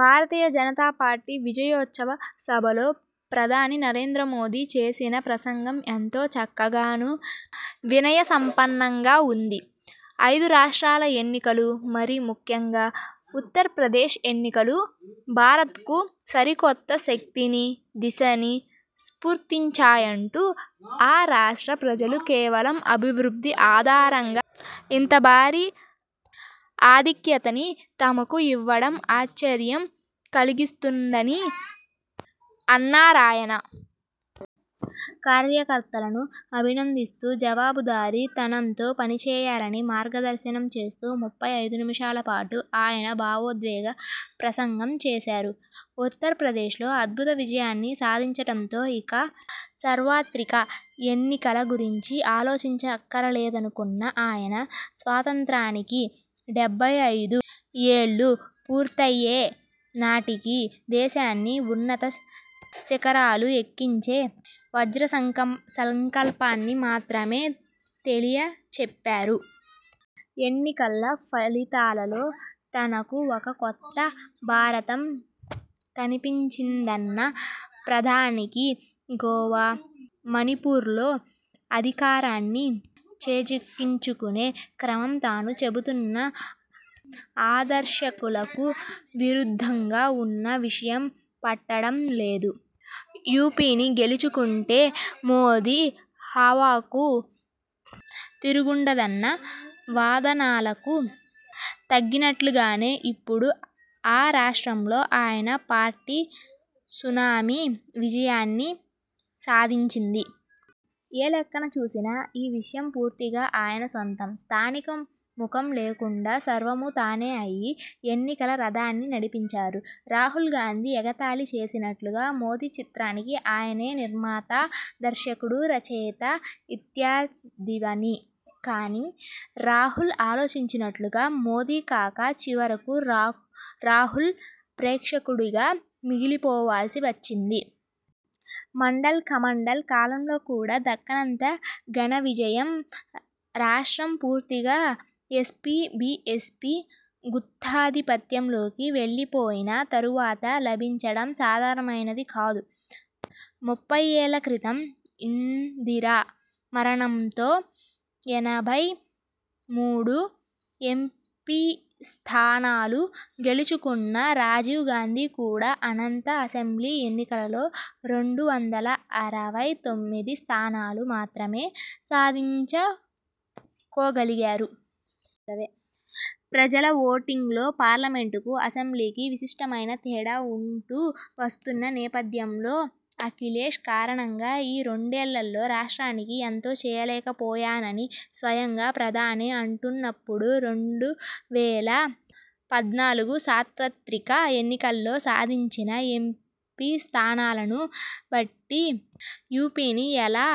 భారతీయ జనతాపార్టీ విజయోత్సవ సభలో ప్రధాని నరేంద్రమోదీ చేసిన ప్రసంగం ఎంతో చక్కగానూ, వినయసంపన్నంగా ఉంది. ఐదు రాష్ట్రాల ఎన్నికలు, మరీ ముఖ్యంగా ఉత్తరప్రదేశ్ ఎన్నికలు భారత్కు సరికొత్త శక్తినీ, దిశనీ, స్ఫూర్తినిచ్చాయంటూ, ఆ రాష్ట్ర ప్రజలు కేవలం అభివృద్ధి ఆధారంగా ఇంత భారీ ఆధిక్యాన్ని తమకు ఇవ్వడం ఆశ్చర్యం కలిగిస్తున్నదని అన్నారాయన. కార్యకర్తలను అభినందిస్తూ, జవాబుదారీ తనంతో పనిచేయాలని మార్గదర్శనంచేస్తూ ముప్పై ఐదునిముషాలపాటు ఆయన భావోద్వేగ ప్రసంగం చేశారు. ఉత్తరప్రదేశ్లో అద్భుత విజయాన్ని సాధించడంతో, ఇక సార్వత్రిక ఎన్నికల గురించి ఆలోచించనక్కరలేదనుకున్న ఆయన, స్వాతంత్ర్యానికి డెబ్బై ఐదు ఏళ్ళు పూర్తయ్యే నాటికి దేశాన్ని ఉన్నతశిఖరాలు ఎక్కించే వజ్రసంకల్పాన్ని మాత్రమే తెలియచెప్పారు. ఎన్నికల ఫలితాల్లో తనకు ఒక కొత్త భారతం కనిపించిదన్న ప్రధానికి, గోవా, మణిపూర్లో అధికారాన్ని చేజిక్కించుకొనే క్రమం తాను చెబుతున్న ఆదర్శాలకు విరుద్ధంగా ఉన్న విషయం పట్టడం లేదు. యూపీని గెలుచుకుంటే మోదీ హవాకు తిరుగుండదన్న వాదనలకు తగినట్టుగానే, ఇప్పుడు ఆ రాష్ట్రంలో ఆయన పార్టీ సునామీ విజయాన్ని సాధించింది. ఏ లెక్కన చూసినా ఈ విజయం పూర్తిగా ఆయన స్వంతం. స్థానిక మొఖం లేకుండా సర్వమూ తానే అయి ఎన్నికల రథాన్ని నడిపించారు. రాహుల్ గాంధీ ఎగతాళి చేసినట్టుగా, మోదీ చిత్రానికి ఆయనే నిర్మాత, దర్శకుడు, రచయిత ఇత్యాదివన్నీ. కానీ, రాహుల్ ఆశించినట్టుగా మోదీకాక చివరకు రాహుల్ ప్రేక్షకుడిగా మిగిలిపోవాల్సి వచ్చింది. మండల్–కమండల్ కాలంలో కూడా దక్కనంత ఘనవిజయం రాష్ట్రం పూర్తిగా ఎస్పీ బీఎస్పీ గుత్తాధిపత్యంలోకి వెళ్లిపోయిన తరువాత లభించడం సాధారణమైనది కాదు. ముప్పయ్యేళ్ళక్రితం ఇందిర మరణంతో ఎనభై మూడు ఎంపీస్థానాలు గెలుచుకున్న రాజీవ్ గాంధీ కూడా అనంతర అసెంబ్లీ ఎన్నికల్లో రెండు వందల అరవై తొమ్మిది స్థానాలు మాత్రమే సాధించుకోగలిగారు. ప్రజల ఓటింగ్లో పార్లమెంటుకూ, అసెంబ్లీకీ విస్పష్టమైన తేడా ఉంటూ వస్తున్న నేపథ్యంలో, అఖిలేశ్ కారణంగా ఈ రెండున్నరేళ్ళ లో రాష్ట్రానికి ఎంతో చేయలేకపోయానని స్వయంగా ప్రధానే అంటున్నప్పుడు, రెండు వేల పద్నాలుగుసార్వత్రిక ఎన్నికల్లో సాధించిన ఎంపీస్థానాలను బట్టి యూపీని ఎలా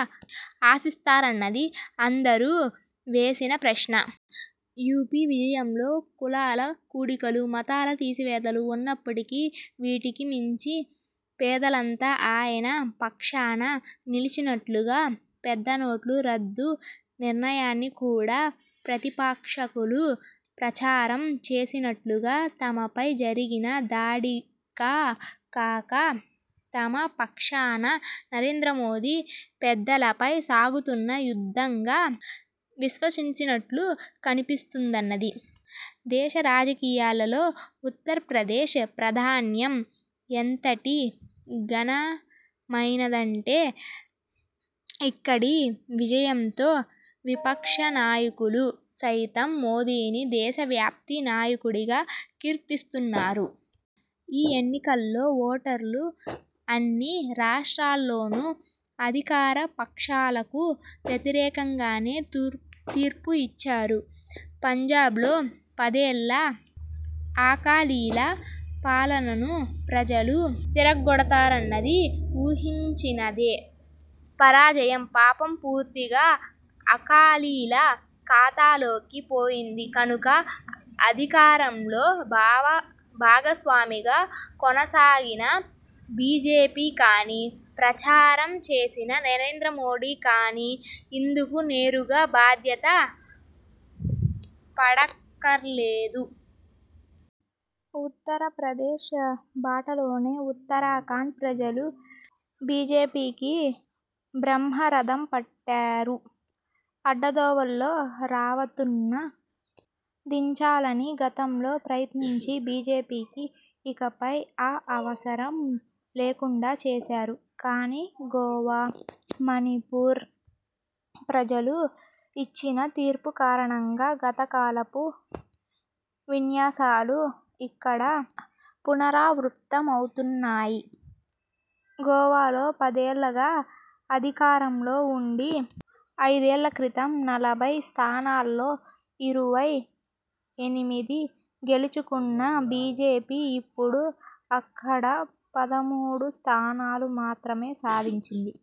ఆశిస్తారన్నది అందరూ వేసిన ప్రశ్న. యూపీ విజయంలో కులాల కూడికలూ మతాల తీసివేతలూ ఉన్నప్పటికీ, వీటికి మించి పేదలంతా ఆయన పక్షాన నిలిచినట్టుగా, పెద్దనోట్ల రద్దు నిర్ణయాన్ని కూడా ప్రతిపక్షాలు ప్రచారం చేసినట్లుగా తమపై జరిగిన దాడిగా కాక, తమపక్షాన నరేంద్రమోదీ పెద్దలపై సాగిస్తున్న యుద్ధంగా విశ్వసించినట్లు కనిపిస్తున్నది. దేశరాజకీయాల్లో ఉత్తరప్రదేశ్ ప్రాధాన్యం ఎంతటి ఘనమైనదంటే, ఇక్కడి విజయంతో విపక్షనాయకులు సైతం మోదీని దేశవ్యాప్త నాయకుడిగా కీర్తిస్తున్నారు. ఈ ఎన్నికల్లో ఓటర్లు అన్ని రాష్ట్రాల్లోనూ అధికారపక్షాలకు వ్యతిరేకంగానే తీర్పు ఇచ్చారు. పంజాబ్లో పదేళ్ళ అకాలీల పాలనను ప్రజలు తిరగ్గొడతారన్నది ఊహించినదే. పరాజయం పాపం పూర్తిగా అకాలీల ఖాతాలోకి పోతుంది కనుక, అధికారంలో భాగస్వామిగా కొనసాగిన బీజేపీ కానీ, ప్రచారం చేసిన నరేంద్రమోదీ కానీ ఇందుకు నేరుగా బాధ్యత పడనక్కరలేదు. ఉత్తరప్రదేశ్ బాటలోనే ఉత్తరాఖండ్ ప్రజలు బీజేపీకి బ్రహ్మరథం పట్టారు. అడ్డతోవలో రావత్ను దించాలని గతంలో ప్రయత్నించిన బీజేపీకి ఇకపై ఆ అవసరం లేకుండా చేశారు. కానీ, గోవా, మణిపూర్ ప్రజలు ఇచ్చిన తీర్పు కారణంగా గతకాలపు విన్యాసాలు ఇ క్కడ పునరావృతమవుతున్నాయి. గోవాలో పదేళ్ళుగా అధికారంలో ఉండి, ఐదేళ్ళక్రితం నలభై స్థానాల్లో ఇరవై ఎనిమిది గెలుచుకున్న బీజేపీ ఇప్పుడు అక్కడ పదమూడు స్థానాలు మాత్రమే సాధించింది.